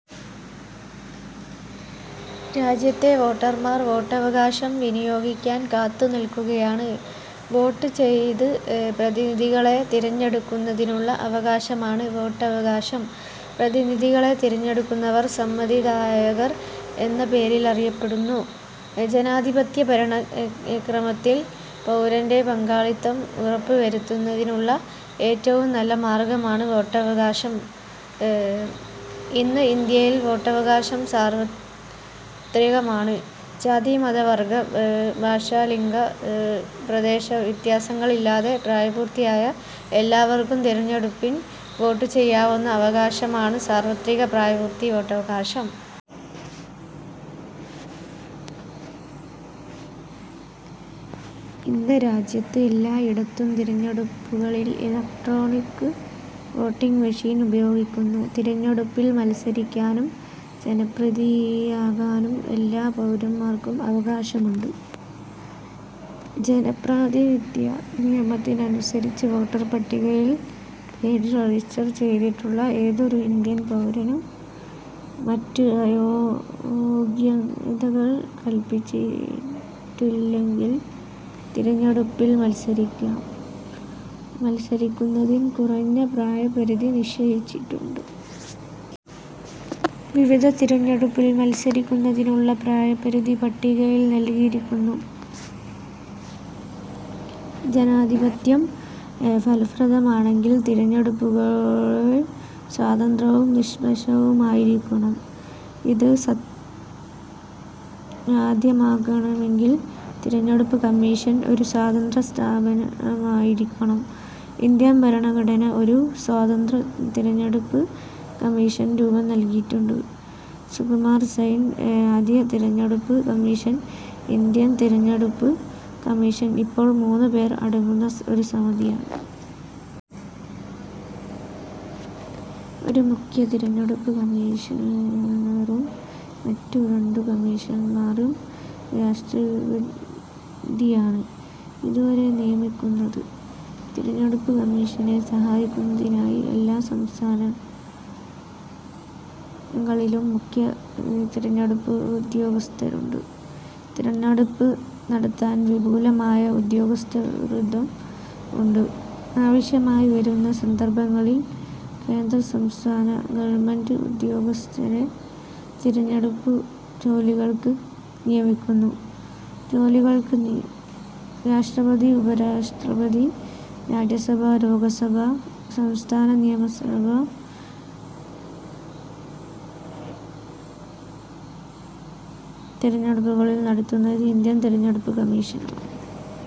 രാജ്യത്തെ വോട്ടർമാർ വോട്ടവകാശം വിനിയോഗിക്കാൻ കാത്തുനിൽക്കുകയാണ്. വോട്ട് ചെയ്ത് പ്രതിനിധികളെ തിരഞ്ഞെടുക്കുന്നതിനുള്ള അവകാശമാണ് വോട്ടവകാശം. പ്രതിനിധികളെ തിരഞ്ഞെടുക്കുന്നവർ സമ്മതിദായകർ എന്ന പേരിലറിയപ്പെടുന്നു. ജനാധിപത്യ ഭരണക്രമത്തിൽ പൗരന്റെ പങ്കാളിത്തം ഉറപ്പുവരുത്തുന്നതിനുള്ള ഏറ്റവും നല്ല മാർഗമാണ് വോട്ടവകാശം. ഇന്ന് ഇന്ത്യയിൽ വോട്ടവകാശം സാർവത്രികമാണ്. ജാതി-മത-വർഗ-ഭാഷ-ലിംഗ-പ്രദേശ വ്യത്യാസങ്ങളില്ലാതെ പ്രായപൂർത്തിയായ എല്ലാവർക്കും തിരഞ്ഞെടുപ്പിൽ വോട്ട് ചെയ്യാനുള്ള അവകാശമാണ് സാർവത്രിക പ്രായപൂർത്തി വോട്ടവകാശം. ഇന്ന് രാജ്യത്ത് എല്ലായിടത്തും തിരഞ്ഞെടുപ്പുകളിൽ ഇലക്ട്രോണിക് വോട്ടിങ് മെഷീൻ ഉപയോഗിക്കുന്നു. തിരഞ്ഞെടുപ്പിൽ മത്സരിക്കാനും ജനപ്രതിനിധിയാകാനും എല്ലാ പൗരന്മാർക്കും അവകാശമുണ്ട്. ജനപ്രാതിനിധ്യ നിയമമനുസരിച്ച് വോട്ടർ പട്ടികയിൽ പേര് രജിസ്റ്റർ ചെയ്തിട്ടുള്ള ഏതൊരു ഇന്ത്യൻ പൗരനും മറ്റ് അയോഗ്യതകൾ കൽപ്പിച്ചിട്ടില്ലെങ്കിൽ തിരഞ്ഞെടുപ്പിൽ മത്സരിക്കാം. മത്സരിക്കുന്നതിന് കുറഞ്ഞ പ്രായ പരിധി നിശ്ചയിച്ചിട്ടുണ്ട്. വിവിധ തിരഞ്ഞെടുപ്പുകളിൽ മത്സരിക്കുന്നതിനുള്ള പ്രായപരിധി പട്ടികയിൽ നൽകിയിരിക്കുന്നു. ജനാധിപത്യം ഫലപ്രദമാകണമെങ്കിൽ തിരഞ്ഞെടുപ്പുകൾ സ്വതന്ത്രവും നിഷ്പക്ഷവുമായിരിക്കണം. ഇത് സാധ്യമാകണമെങ്കിൽ തിരഞ്ഞെടുപ്പ് കമ്മീഷൻ ഒരു സ്വതന്ത്ര സ്ഥാപനമായിരിക്കണം. ഇന്ത്യൻ ഭരണഘടന ഒരു സ്വതന്ത്ര തിരഞ്ഞെടുപ്പ് കമ്മീഷന് രൂപം നൽകിയിട്ടുണ്ട്. സുകുമാർ സെൻ ആദ്യ തിരഞ്ഞെടുപ്പ് കമ്മീഷണർ ഇന്ത്യൻ തിരഞ്ഞെടുപ്പ് കമ്മീഷൻ ഇപ്പോൾ മൂന്നു പേർ അടങ്ങുന്ന ഒരു സമിതിയാണ്. ഒരു മുഖ്യ തിരഞ്ഞെടുപ്പ് കമ്മീഷണറും മറ്റു രണ്ടു കമ്മീഷണർമാരും. രാഷ്ട്രപതിയാണ് ഇവരെ നിയമിക്കുന്നത്. തിരഞ്ഞെടുപ്പു കമ്മീഷനെ സഹായിക്കുന്നതിനായി എല്ലാ സംസ്ഥാനങ്ങളിലും മുഖ്യ തിരഞ്ഞെടുപ്പുദ്യോഗസ്ഥരുണ്ട്. തിരഞ്ഞെടുപ്പ് നടത്താൻ വിപുലമായ ഉദ്യോഗസ്ഥവൃന്ദം ഉണ്ട്. ആവശ്യമായി വരുന്ന സന്ദർഭങ്ങളിൽ കേന്ദ്ര-സംസ്ഥാന ഗവൺമെന്റ് ഉദ്യോഗസ്ഥരെ തിരഞ്ഞെടുപ്പു ജോലികൾക്ക് നിയമിക്കുന്നു. രാഷ്ട്രപതി, ഉപരാഷ്ട്രപതി, രാജ്യസഭ, ലോകസഭ, സംസ്ഥാന നിയമസഭാ തിരഞ്ഞെടുപ്പുകൾ നടത്തുന്നത് ഇന്ത്യൻ തിരഞ്ഞെടുപ്പ് കമ്മീഷനാണ്.